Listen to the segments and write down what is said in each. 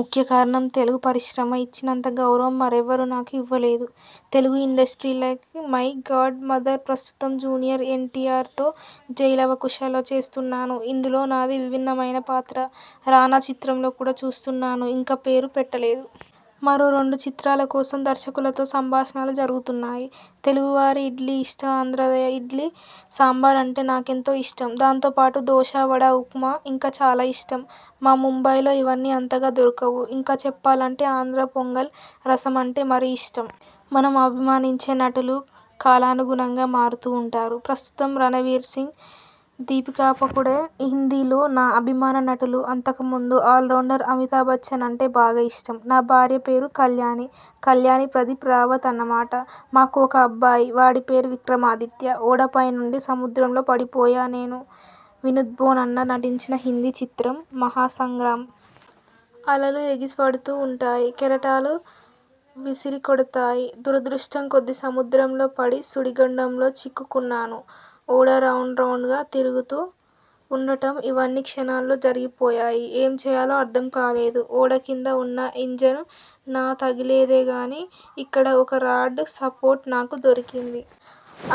ముఖ్యకారణం. తెలుగు పరిశ్రమ ఇచ్చినంత గౌరవం మరెవ్వరూ నాకు ఇవ్వలేదు. Telugu industry like my godmother. ప్రస్తుతం జూనియర్ ఎన్. టి. ఆర్ తో 'జై లవకుశ' లో చేస్తున్నాను. ఇందులో నాది విభిన్నమైన పాత్ర. రానా చిత్రంలో కూడా చేస్తున్నాను. ఇంకా పేరు పెట్టలేదు. మరో రెండు చిత్రాలకోసం దర్శకులతో సంభాషణలు జరుగుతున్నాయి. తెలుగువారి ఇడ్లీ ఇష్టంఆంధ్రా ఇడ్లీ సాంబార్ అంటే నాకెంతో ఇష్టం. దాంతోపాటు దోశ, వడ, ఉప్మా ఇంకా చాలా ఇష్టం. మా ముంబయిలో ఇవన్నీ అంతగా దొరకవు. ఇంకా చెప్పాలంటే ఆంధ్రా పొంగల్, రసం అంటే మరీ ఇష్టం. మనం అభిమానించే నటులు కాలానుగుణంగా మారుతూ ఉంటారు. ప్రస్తుతం రణవీర్సింగ్, దీపికాపడుకునే హిందీ లో నా అభిమాన నటులు. అంతకుముందు ఆల్రౌండర్ అమితాబచ్చన్ అంటే బాగా ఇష్టం. నా భార్య పేరు కల్యాణి. కల్యాణీప్రదీప్ రావత్ అన్నమాట. మాకు ఒక అబ్బాయి. వాడిపేరు విక్రమాదిత్య. ఓడ పైనుండి సముద్రంలో పడిపోయానేను, వినోద్ఖన్నా నటించిన హిందీ చిత్రం 'మహాసంగ్రామ్'. అలలు ఎగసిపడుతూ ఉంటాయి. కెరటాలు విసిరికొడతాయి. దురదృష్టం కొద్దీ సముద్రంలో పడి సుడిగుండంలో చిక్కుకున్నాను. ఓడ రౌండ్ రౌండ్గా తిరుగుతూ ఉండటం ఇవన్నీ క్షణాల్లో జరిగాపోయాయి. ఏం చేయాలో అర్థం కాలేదు. ఓడ కింద ఉన్న ఇంజను నా తగిలేదేగానీ, ఇక్కడ ఒక రాడ్ సపోర్టు నాకు దొరికింది.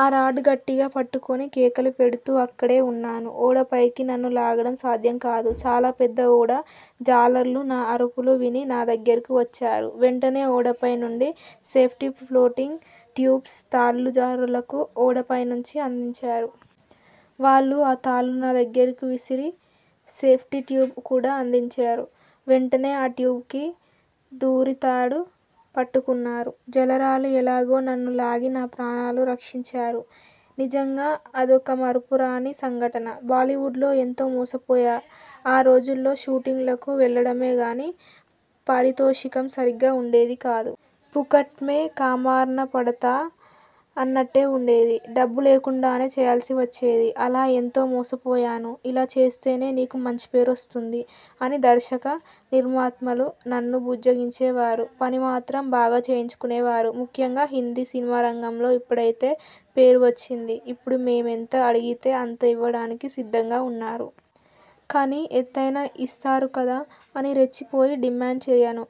ఆ రాడ్ గట్టిగా పట్టుకుని కేకలు పెడుతూ అక్కడే ఉన్నాను. ఓడ పైకి నన్ను లాగడం సాధ్యంకాదు. చాలా పెద్ద ఓడ. జాలర్లు నా అరుపులు విని నా దగ్గరకు వచ్చారు. వెంటనే ఓడ పై నుండి సేఫ్టీ ఫ్లోటింగ్ ట్యూబ్స్, తాళ్ళు జాలరులకు ఓడ పైనుంచి అందించారు. వాళ్ళు ఆ తాళ్ళు నా దగ్గరకు విసిరి సేఫ్టీ ట్యూబ్ కూడా అందించారు. వెంటనే ఆ ట్యూబ్లోకి దూరి తాడు పట్టుకున్నాను. జాలరులు ఎలాగో నన్ను లాగి నా ప్రాణాలు రక్షించారు. నిజంగా అదొక మరపురాని సంఘటన. బాలీవుడ్లో ఎంతో మోసపోయాఆ రోజుల్లో షూటింగులకు వెళ్ళడమేగానీ పారితోషికం సరిగ్గా ఉండేదికాదు. 'పుకట్మే కామ్కర్నా పడతా థ ' అన్నట్టే ఉండేది. డబ్బు లేకుండానే చేయాల్సివచ్చేది. అలా ఎంతో మోసపోయాను. ఇలా చేస్తేనే నీకు మంచిపేరు వస్తుంది అని దర్శక నిర్మాతలు నన్ను బుజ్జగించేవారు. పనిమాత్రం బాగా చేయించుకునేవారు. ముఖ్యంగా హిందీ సినిమారంగంలో ఇప్పుడైతే పేరు వచ్చింది. ఇప్పుడు మేం ఎంత అడిగితే అంత ఇవ్వడానికి సిద్ధంగా ఉన్నారు. కానీ ఎతైనా ఇస్తారుకదా అని రెచ్చిపోయి డిమాండ్ చేయను.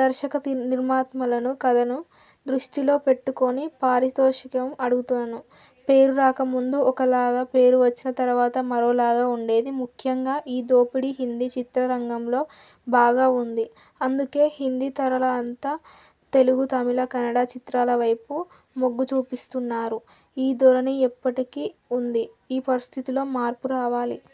దర్శక నిర్మాతలను, కథను దృష్టిలో పెట్టుకుని పారితోషికం అడుగుతాను. పేరు రాకముందు ఒకలాగా, పేరు వచ్చిన తర్వాత మరోలాగా ఉండేది. ముఖ్యంగా ఈ దోపిడీ హిందీ చిత్రరంగంలో బాగా ఉంది. అందుకే హిందీ తారలంతా తెలుగు, తమిళ, కన్నడ చిత్రాలవైపు మొగ్గుచూపిస్తున్నారు. ఈ ధోరణి ఇప్పటికీ ఉంది. ఈ పరిస్థితిలో మార్పు రావాలి.